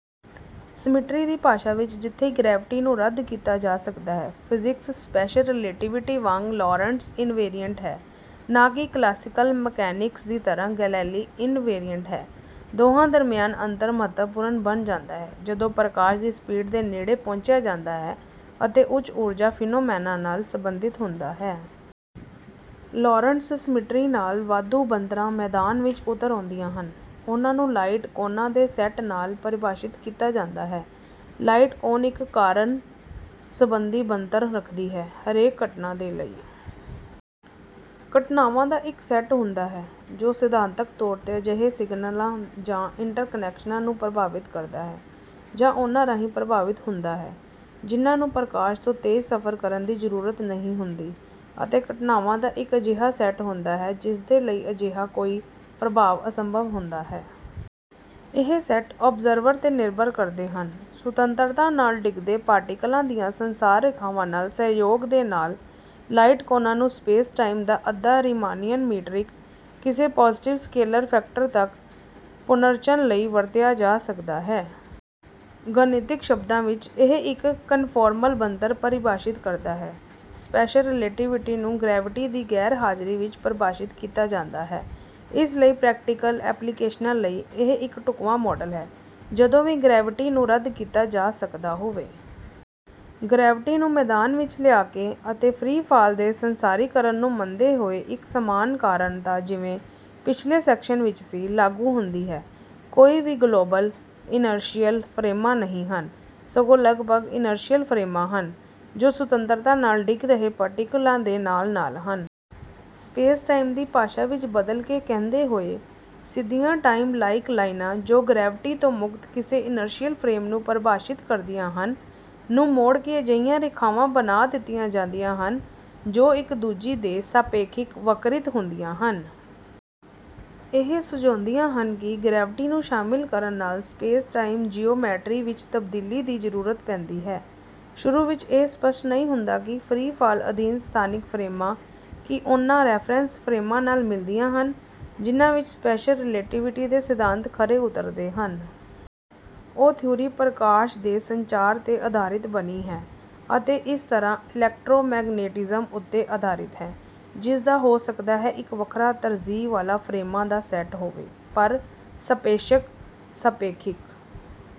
Symmetry ਦੀ ਭਾਸ਼ਾ ਵਿੱਚ: ਜਿੱਥੇ ਗਰੈਵਿਟੀ ਨੂੰ ਰੱਦ ਕੀਤਾ ਜਾ ਸਕਦਾ ਹੈ, ਫਿਜ਼ਿਕਸ ਸਪੈਸ਼ਲ ਰਿਲੇਟੀਵਿਟੀ ਵਾਂਗ ਲੌਰੰਟਜ਼ ਇਨਵੇਰੀਅੰਟ ਹੈ, ਨਾ ਕਿ ਕਲਾਸੀਕਲ ਮਕੈਨਿਕਸ ਦੀ ਤਰ੍ਹਾਂ ਗੈਲੀਲੀ ਇਨਵੇਰੀਅੰਟ ਹੈ। ਦੋਹਾਂ ਦਰਮਿਆਨ ਅੰਤਰ ਮਹੱਤਵਪੂਰਨ ਬਣ ਜਾਂਦਾ ਹੈ, ਜਦੋਂ ਪ੍ਰਕਾਸ਼ ਦੀ ਸਪੀਡ ਦੇ ਨੇੜੇ ਪਹੁੰਚਿਆ ਜਾਂਦਾ ਹੈ ਅਤੇ ਉੱਚ-ਊਰਜਾ ਫੀਨੋਮੈਨਾ ਨਾਲ ਸੰਬੰਧਿਤ ਹੁੰਦਾ ਹੈ। ਲੌਰੰਟਜ਼ ਸਮਿੱਟਰੀ ਨਾਲ, ਵਾਧੂ ਬਣਤਰਾਂ ਮੈਦਾਨ ਵਿੱਚ ਉਤਰ ਆਉਂਦੀਆਂ ਹਨ। ਉਹਨਾਂ ਨੂੰ ਲਾਈਟ ਕੋਨਾਂ ਦੇ ਸੈੱਟ ਨਾਲ ਪਰਿਭਾਸ਼ਿਤ ਕੀਤਾ ਜਾਂਦਾ ਹੈ। ਲਾਈਟ ਕੋਨ ਇੱਕ ਕਾਰਣ ਸਬੰਧੀ ਬਣਤਰ ਰੱਖਦੀ ਹੈ: ਹਰੇਕ ਘਟਨਾ ਦੇ ਲਈ, ਘਟਨਾਵਾਂ ਦਾ ਇੱਕ ਸੈੱਟ ਹੁੰਦਾ ਹੈ, ਜੋ ਸਿਧਾਂਤਕ ਤੌਰ 'ਤੇ, ਅਜਿਹੇ ਸਿਗਨਲਾਂ ਜਾਂ ਇੰਟਰੈਕਸ਼ਨਾਂ ਨੂੰ ਪ੍ਰਭਾਵਿਤ ਕਰਦਾ ਹੈ ਜਾਂ ਉਹਨਾਂ ਰਾਹੀਂ ਪ੍ਰਭਾਵਿਤ ਹੁੰਦਾ ਹੈ, ਜਿਹਨਾਂ ਨੂੰ ਪ੍ਰਕਾਸ਼ ਤੋਂ ਤੇਜ਼ ਸਫਰ ਕਰਨ ਦੀ ਜ਼ਰੂਰਤ ਨਹੀਂ ਹੁੰਦੀ ਅਤੇ ਘਟਨਾਵਾਂ ਦਾ ਇੱਕ ਅਜਿਹਾ ਸੈੱਟ ਹੁੰਦਾ ਹੈ, ਜਿਸਦੇ ਲਈ ਅਜਿਹਾ ਕੋਈ ਪ੍ਰਭਾਵ ਅਸੰਭਵ ਹੁੰਦਾ ਹੈ। ਇਹ ਸੈੱਟ ਔਬਜ਼ਰਵਰ 'ਤੇ ਨਿਰਭਰ ਕਰਦੇ ਹਨ। ਸੁਤੰਤਰਤਾ ਨਾਲ ਡਿੱਗਦੇ ਪਾਰਟੀਕਲਾਂ ਦੀਆਂ ਸੰਸਾਰ ਰੇਖਾਵਾਂ ਨਾਲ ਸਹਿਯੋਗ ਦੇ ਨਾਲ, ਲਾਈਟ ਕੋਨਾਂ ਨੂੰ ਸਪੇਸ-ਟਾਈਮ ਦਾ ਅੱਧਾ ਰੀਮਾਨੀਅਨ ਮੀਟ੍ਰਿਕ, ਕਿਸੇ ਪੌਜ਼ੇਟਿਵ ਸਕੇਲਰ ਫੈਕਟਰ ਤੱਕ, ਪੁਨਰਚਣ ਲਈ ਵਰਤਿਆ ਜਾ ਸਕਦਾ ਹੈ। ਗਣਿਤਿਕ ਸ਼ਬਦਾਂ ਵਿੱਚ, ਇਹ ਇੱਕ ਕਨਫੌਰਮਲ ਬਣਤਰ ਪਰਿਭਾਸ਼ਿਤ ਕਰਦਾ ਹੈ। ਸਪੈਸ਼ਲ ਰੀਲੇਟੀਵਿਟੀ ਨੂੰ ਗਰੈਵਿਟੀ ਦੀ ਗੈਰ-ਹਾਜ਼ਰੀ ਵਿੱਚ ਪਰਿਭਾਸ਼ਿਤ ਕੀਤਾ ਜਾਂਦਾ ਹੈ, ਇਸ ਲਈ ਪ੍ਰੈਕਟੀਕਲ ਐਪਲੀਕੇਸ਼ਨਾਂ ਲਈ, ਇਹ ਇੱਕ ਢੁਕਵਾਂ ਮੌਡਲ ਹੈ, ਜਦੋਂ ਵੀ ਗਰੈਵਿਟੀ ਨੂੰ ਰੱਦ ਕੀਤਾ ਜਾ ਸਕਦਾ ਹੋਵੇ। ਗਰੈਵਿਟੀ ਨੂੰ ਮੈਦਾਨ ਵਿੱਚ ਲਿਆ ਕੇ, ਅਤੇ ਫਰੀ ਫਾਲ ਦੇ ਸੰਸਾਰੀਕਰਨ ਨੂੰ ਮੰਨਦੇ ਹੋਏ, ਇੱਕ ਸਮਾਨ ਕਾਰਣਤਾ, ਜਿਵੇਂ ਪਿਛਲੇ ਸੈਕਸ਼ਨ ਵਿੱਚ ਸੀ, ਲਾਗੂ ਹੁੰਦੀ ਹੈ: ਕੋਈ ਵੀ ਗਲੋਬਲ ਇਨਰਸ਼ੀਅਲ ਫਰੇਮਾਂ ਨਹੀਂ ਹਨ। ਸਗੋਂ ਲਗਭਗ ਇਨਰਸ਼ੀਅਲ ਫਰੇਮਾਂ ਹਨ, ਜੋ ਸੁਤੰਤਰਤਾ ਨਾਲ ਡਿੱਗ ਰਹੇ ਪਾਰਟੀਕਲਾਂ ਦੇ ਨਾਲ-ਨਾਲ ਹਨ। ਸਪੇਸ-ਟਾਈਮ ਦੀ ਭਾਸ਼ਾ ਵਿੱਚ ਬਦਲ ਕੇ ਕਹਿੰਦੇ ਹੋਏ: ਸਿੱਧੀਆਂ ਟਾਈਮ-ਲਾਈਕ ਲਾਈਨਾਂ, ਜੋ ਗਰੈਵਿਟੀ ਤੋਂ ਮੁਕਤ ਕਿਸੇ ਇਨਰਸ਼ੀਅਲ ਫਰੇਮ ਨੂੰ ਪਰਿਭਾਸ਼ਿਤ ਕਰਦੀਆਂ ਹਨ, ਨੂੰ ਮੋੜ ਕੇ ਅਜਿਹੀਆਂ ਰੇਖਾਵਾਂ ਬਣਾ ਦਿੱਤੀਆਂ ਜਾਂਦੀਆਂ ਹਨ, ਜੋ ਇੱਕ ਦੂਜੀ ਦੇ ਸਾਪੇਖਿਕ ਵਕਰਿਤ ਹੁੰਦੀਆਂ ਹਨ। ਇਹ ਸੁਝਾਉਂਦੀਆਂ ਹਨ ਕਿ ਗਰੈਵਿਟੀ ਨੂੰ ਸ਼ਾਮਿਲ ਕਰਨ ਨਾਲ ਸਪੇਸ-ਟਾਈਮ ਜੀਓਮੈਟਰੀ ਵਿੱਚ ਤਬਦੀਲੀ ਦੀ ਜ਼ਰੂਰਤ ਪੈਂਦੀ ਹੈ। ਸ਼ੁਰੂ ਵਿੱਚ, ਇਹ ਸਪਸ਼ਟ ਨਹੀਂ ਹੁੰਦਾ ਕਿ ਫਰੀ ਫਾਲ ਅਧੀਨ ਸਥਾਨਿਕ ਫਰੇਮਾਂ, ਕੀ ਉਹਨਾਂ ਰੈਫਰੈਂਸ ਫਰੇਮਾਂ ਨਾਲ ਮਿਲਦੀਆਂ ਹਨ, ਜਿਹਨਾਂ ਵਿੱਚ ਸਪੈਸ਼ਲ ਰੀਲੇਟੀਵਿਟੀ ਦੇ ਸਿਧਾਂਤ ਖਰੇ ਉਤਰਦੇ ਹਨ। ਉਹ ਥਿਊਰੀ ਪ੍ਰਕਾਸ਼ ਦੇ ਸੰਚਾਰ 'ਤੇ ਅਧਾਰਿਤ ਬਣੀ ਹੈ, ਅਤੇ ਇਸ ਤਰ੍ਹਾਂ ਇਲੈਕਟ੍ਰੋਮੈਗਨੈਟਿਜ਼ਮ ਉੱਤੇ ਅਧਾਰਿਤ ਹੈ, ਜਿਸਦਾ ਹੋ ਸਕਦਾ ਹੈ ਇੱਕ ਵੱਖਰਾ ਤਰਜੀਹ ਵਾਲਾ ਫਰੇਮਾਂ ਦਾ ਸੈੱਟ ਹੋਵੇ। ਪਰ ਸਾਪੇਸ਼ਕ-ਸਾਪੇਖਿਕ